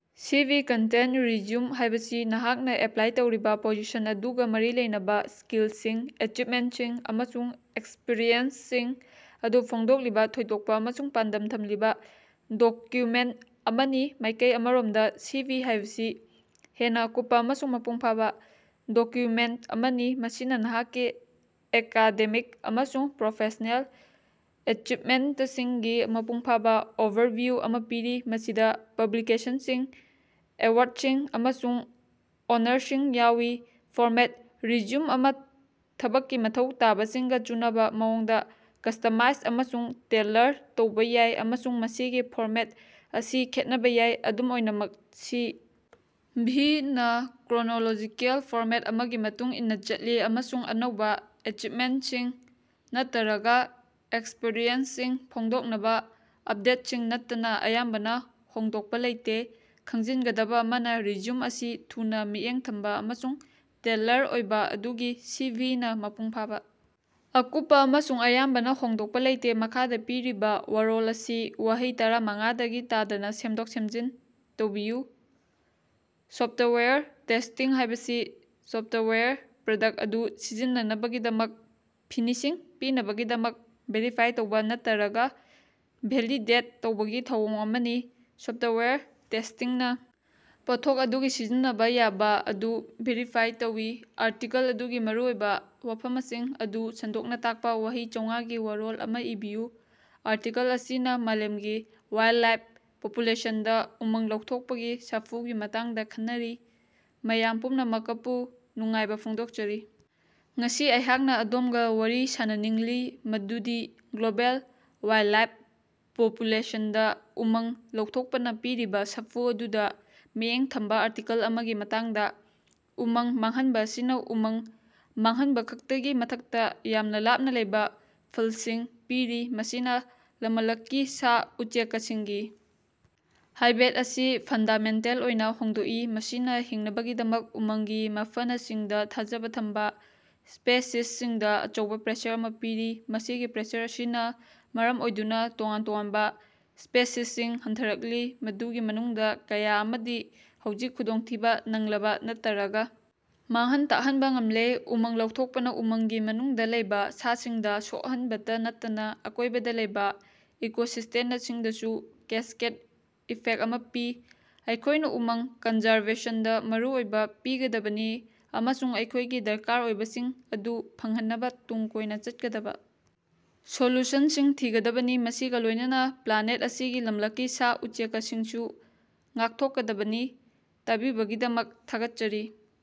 ꯁꯤ V. Content: resume ꯍꯥꯏꯕꯁꯤ ꯅꯍꯥꯛꯅ ꯑꯦꯄ꯭ꯂꯥꯏ ꯇꯧꯔꯤꯕ ꯄꯣꯖꯤꯁꯟ ꯑꯗꯨꯒ ꯃꯔꯤ ꯂꯩꯅꯕ ꯁ꯭ꯀꯤꯜꯁꯤꯡ, ꯑꯦꯆꯤꯚꯃꯦꯟꯠꯁꯤꯡ ꯑꯃꯁꯨꯡ ꯑꯦꯛꯁꯄꯤꯔꯤꯑꯦꯟꯁꯁꯤꯡ ꯑꯗꯨ ꯐꯣꯡꯗꯣꯛꯂꯤꯕꯥ ꯊꯣꯏꯗꯣꯛꯄ ꯑꯃꯁꯨꯡ ꯄꯥꯟꯗꯝ ꯊꯝꯂꯤꯕ ꯗꯣꯀ꯭ꯌꯨꯃꯦꯟꯠ ꯑꯃꯅꯤ꯫ ꯃꯥꯏꯀꯩ ꯑꯃꯔꯣꯝꯗ, ꯁꯤꯚꯤ ꯍꯥꯏꯕꯁꯤ ꯍꯦꯟꯅ ꯑꯀꯨꯞꯄ ꯑꯃꯁꯨꯡ ꯃꯄꯨꯡꯐꯥꯕ ꯗꯣꯀ꯭ꯌꯨꯃꯦꯟꯠ ꯑꯃꯅꯤ, ꯃꯁꯤꯅ ꯅꯍꯥꯛꯀꯤ ꯑꯦꯀꯥꯗꯦꯃꯤꯛ ꯑꯃꯁꯨꯡ ꯄ꯭ꯔꯣꯐꯦꯁꯅꯦꯜ ꯑꯦꯆꯤꯚꯃꯦꯟꯇꯁꯤꯡꯒꯤ ꯃꯄꯨꯡꯐꯥꯕ ꯑꯣꯚꯔꯚꯤꯌꯨ ꯑꯃꯥ ꯄꯤꯔꯤ, ꯃꯁꯤꯗ ꯄꯕ꯭ꯂꯤꯀꯦꯁꯟꯁꯤꯡ, ꯑꯦꯋꯥꯔꯗꯁꯤꯡ ꯑꯃꯁꯨꯡ ꯑꯣꯅꯔꯁꯤꯡ ꯌꯥꯎꯏ꯫ ꯐꯣꯔꯃꯦꯠ: ꯔꯤꯖ꯭ꯌꯨꯝ ꯑꯃꯥ ꯊꯕꯛꯀꯤ ꯃꯊꯧ ꯇꯥꯕꯁꯤꯡꯒ ꯆꯨꯅꯕꯥ ꯃꯑꯣꯡꯗ ꯀ꯭ꯁꯇꯃꯥꯏꯖ ꯑꯃꯁꯨꯡ ꯇꯦꯜꯂꯔ ꯇꯧꯕꯥ ꯌꯥꯏ, ꯑꯃꯁꯨꯡ ꯃꯁꯤꯒꯤ ꯐꯣꯔꯃꯦꯠ ꯑꯁꯤ ꯈꯦꯠꯅꯕ ꯌꯥꯏ꯫ ꯑꯗꯨꯝ ꯑꯣꯏꯅꯃꯛ, ꯁꯤ. ꯚꯤ.ꯅ ꯀ꯭ꯔꯣꯅꯣꯂꯣꯖꯤꯀꯦꯜ ꯐꯣꯔꯃꯦꯠ ꯑꯃꯒꯤ ꯃꯇꯨꯡ ꯏꯟꯅ ꯆꯠꯂꯤ ꯑꯃꯁꯨꯡ ꯑꯅꯧꯕ ꯑꯦꯆꯤꯕꯃꯦꯟꯠꯁꯤꯡ ꯅꯠꯇꯔꯒ ꯑꯦꯛꯁꯄꯔꯤꯌꯦꯟꯁꯁꯤꯡ ꯐꯣꯡꯗꯣꯛꯅꯕ ꯑꯞꯗꯦꯠꯁꯤꯡ ꯅꯠꯇꯅ ꯑꯌꯥꯝꯕꯅ ꯍꯣꯡꯗꯣꯛꯄ ꯂꯩꯇꯦ꯫ ꯈꯪꯖꯤꯟꯒꯗꯕ ꯑꯃꯅ, ꯔꯤꯖ꯭ꯌꯨꯝ ꯑꯁꯤ ꯊꯨꯅ, ꯃꯤꯠꯌꯦꯡ ꯊꯝꯕ ꯑꯃꯁꯨꯡ ꯇꯦꯜꯂꯔ ꯑꯣꯏꯕ, ꯑꯗꯨꯒ ꯁꯤ. ꯚꯤ. ꯅ ꯃꯄꯨꯡꯐꯥꯕ, ꯑꯀꯨꯞꯄ ꯑꯃꯁꯨꯡ ꯑꯌꯥꯝꯕꯅ ꯍꯣꯡꯗꯣꯛꯄ ꯂꯩꯇꯦ꯫ ꯃꯈꯥꯗꯥ ꯄꯤꯔꯤꯕꯥ ꯋꯥꯔꯣꯜ ꯑꯁꯤ ꯋꯥꯍꯩ ꯇꯔꯥ ꯃꯉꯥꯗꯒꯤ ꯇꯥꯗꯅ ꯁꯦꯝꯗꯣꯛ-ꯁꯦꯃꯖꯤꯟ ꯇꯧꯕꯤꯌꯨ꯫ ꯁꯣꯐꯇꯋꯥꯌꯔ ꯇꯦꯁ꯭ꯇꯤꯡ ꯍꯥꯏꯕꯁꯤ ꯁꯣꯐꯇꯋꯥꯌꯔ ꯄ꯭ꯔꯗꯛ ꯑꯗꯨ ꯁꯤꯖꯤꯟꯅꯅꯕꯒꯤꯗꯃꯛ ꯐꯤꯅꯤꯁꯤꯡ ꯄꯤꯅꯕꯒꯤꯗꯃꯛ ꯚꯦꯔꯤꯐꯥꯏ ꯇꯧꯕꯥ, ꯅꯠꯇꯔꯒꯥ ꯚꯦꯂꯤꯗꯦꯠ ꯇꯧꯕꯒꯤ ꯊꯧꯑꯣꯡ ꯑꯃꯅꯤ꯫ ꯁꯣꯐꯇꯋꯥꯌꯔ ꯇꯦꯁ꯭ꯇꯤꯡꯅ ꯄꯣꯠꯊꯣꯛ ꯑꯗꯨꯒꯤ ꯁꯤꯖꯤꯟꯅꯕ ꯌꯥꯕ ꯑꯗꯨ ꯚꯦꯔꯤꯐꯥꯏ ꯇꯧꯏ꯫ ꯑꯥꯔꯇꯤꯀꯜ ꯑꯗꯨꯒꯤ ꯃꯔꯨꯑꯣꯏꯕꯥ ꯋꯥꯐꯃꯁꯤꯡ ꯑꯗꯨ ꯁꯟꯗꯣꯛꯅ ꯇꯥꯛꯄ ꯋꯥꯍꯩ ꯆꯧꯉꯥꯒꯤ ꯋꯥꯔꯣꯜ ꯑꯃꯥ ꯏꯕꯤꯌꯨ꯫ ꯑꯥꯔꯇꯤꯀꯜ ꯑꯁꯤꯅ ꯃꯥꯂꯦꯝꯒꯤ ꯋꯥꯏꯜꯗꯂꯥꯏꯐ ꯄꯣꯄꯨꯂꯦꯁꯟꯗ ꯎꯃꯪ ꯂꯧꯊꯣꯛꯄꯒꯤ ꯁꯥꯐꯨꯒꯤ ꯃꯇꯥꯡꯗ ꯈꯟꯅꯔꯤ꯫ ꯃꯌꯥꯝ ꯄꯨꯝꯅꯃꯀꯄꯨ ꯅꯨꯡꯉꯥꯏꯕ ꯐꯣꯡꯗꯣꯛꯆꯔꯤ꯫ ꯉꯁꯤ ꯑꯩꯍꯥꯛꯅ ꯑꯗꯣꯝꯒ ꯋꯥꯔꯤ ꯁꯥꯅꯅꯤꯡꯂꯤ ꯃꯗꯨꯗꯤ ꯒ꯭ꯂꯣꯕꯦꯜ ꯋꯥꯏꯜꯗꯂꯥꯏꯐ ꯄꯣꯄꯨꯂꯦꯁꯟꯗ ꯎꯃꯪ ꯂꯧꯊꯣꯛꯄꯅ ꯄꯤꯔꯤꯕ ꯁꯥꯐꯨ ꯑꯗꯨꯗ ꯃꯤꯠꯌꯦꯡ ꯊꯝꯕ ꯑꯥꯔꯇꯤꯀꯜ ꯑꯃꯒꯤ ꯃꯇꯥꯡꯗ꯫ ꯎꯃꯪ ꯃꯥꯡꯍꯟꯕ ꯑꯁꯤꯅ ꯎꯃꯪ ꯃꯥꯡꯍꯟꯕꯈꯛꯇꯒꯤ ꯃꯊꯛꯇ ꯌꯥꯝꯅ ꯂꯥꯞꯅ ꯂꯩꯕꯥ ꯐꯜꯁꯤꯡ ꯄꯤꯔꯤ꯫ ꯃꯁꯤꯅ ꯂꯃꯂꯛꯀꯤ ꯁꯥ-ꯎꯆꯦꯀꯁꯤꯡꯒꯤ ꯍꯥꯏꯕꯦꯠ ꯑꯁꯤ ꯐꯟꯗꯥꯃꯦꯟꯇꯦꯜ ꯑꯣꯏꯅ ꯍꯣꯡꯗꯣꯛꯏ, ꯃꯁꯤꯅ ꯍꯤꯡꯅꯕꯒꯤꯗꯃꯛ ꯎꯃꯪꯒꯤ ꯃꯐꯅꯁꯤꯡꯗ ꯊꯥꯖꯕ ꯊꯝꯕ ꯁ꯭ꯄꯦꯁꯤꯁꯁꯤꯡꯗ ꯑꯆꯧꯕ ꯄ꯭ꯔꯦꯁꯔ ꯑꯃ ꯄꯤꯔꯤ꯫ ꯃꯁꯤꯒꯤ ꯄ꯭ꯔꯦꯁꯔ ꯑꯁꯤꯅ ꯃꯔꯝ ꯑꯣꯏꯗꯨꯅ ꯇꯣꯉꯥꯟ ꯇꯣꯉꯥꯟꯕ ꯁ꯭ꯄꯦꯁꯤꯁꯁꯤꯡ ꯍꯟꯊꯔꯛꯂꯤ, ꯃꯗꯨꯒꯤ ꯃꯅꯨꯡꯗ ꯀꯌꯥ ꯑꯃꯗꯤ ꯍꯧꯖꯤꯛ ꯈꯨꯗꯣꯡꯊꯤꯕ ꯅꯪꯂꯕ ꯅꯠꯇꯔꯒ ꯃꯥꯡꯍꯟ ꯇꯥꯛꯍꯟꯕꯥ ꯉꯝꯂꯦ꯫ ꯎꯃꯪ ꯂꯧꯊꯣꯛꯄꯅ ꯎꯃꯪꯒꯤ ꯃꯅꯨꯡꯗ ꯂꯩꯕ ꯁꯥꯁꯤꯡꯗ ꯁꯣꯛꯍꯟꯕꯇ ꯅꯠꯇꯅ ꯑꯀꯣꯏꯕꯗ ꯂꯩꯕ ꯏꯀꯣꯁꯤꯁ꯭ꯇꯦꯅꯁꯤꯡꯗꯁꯨ ꯀꯦꯁꯀꯦꯗ ꯏꯐꯦꯛ ꯑꯃ ꯄꯤ꯫ ꯑꯩꯈꯣꯏꯅꯥ ꯎꯃꯪ ꯀꯟꯖꯥꯔꯕꯦꯁꯟꯗ ꯃꯔꯨ ꯑꯣꯏꯕ ꯄꯤꯒꯗꯕꯅꯤ ꯑꯃꯁꯨꯡ ꯑꯩꯈꯣꯏꯒꯤ ꯗꯔꯀꯥꯔ ꯑꯣꯏꯕꯁꯤꯡ ꯑꯗꯨ ꯐꯪꯍꯟꯅꯕ ꯇꯨꯡ ꯀꯣꯏꯅ ꯆꯠꯀꯗꯕ ꯁꯣꯂꯨꯁꯟꯁꯤꯡ ꯊꯤꯒꯗꯕꯅꯤ, ꯃꯁꯤꯒ ꯂꯣꯏꯅꯅ ꯄ꯭ꯂꯥꯅꯦꯠ ꯑꯁꯤꯒꯤ ꯂꯝꯂꯛꯀꯤ ꯁꯥ-ꯎꯆꯦꯀꯁꯤꯡꯁꯨ ꯉꯥꯛꯊꯣꯛꯀꯗꯕꯅꯤ꯫ ꯇꯥꯕꯤꯕꯒꯤꯗꯃꯛ ꯊꯥꯒꯠꯆꯔꯤ꯫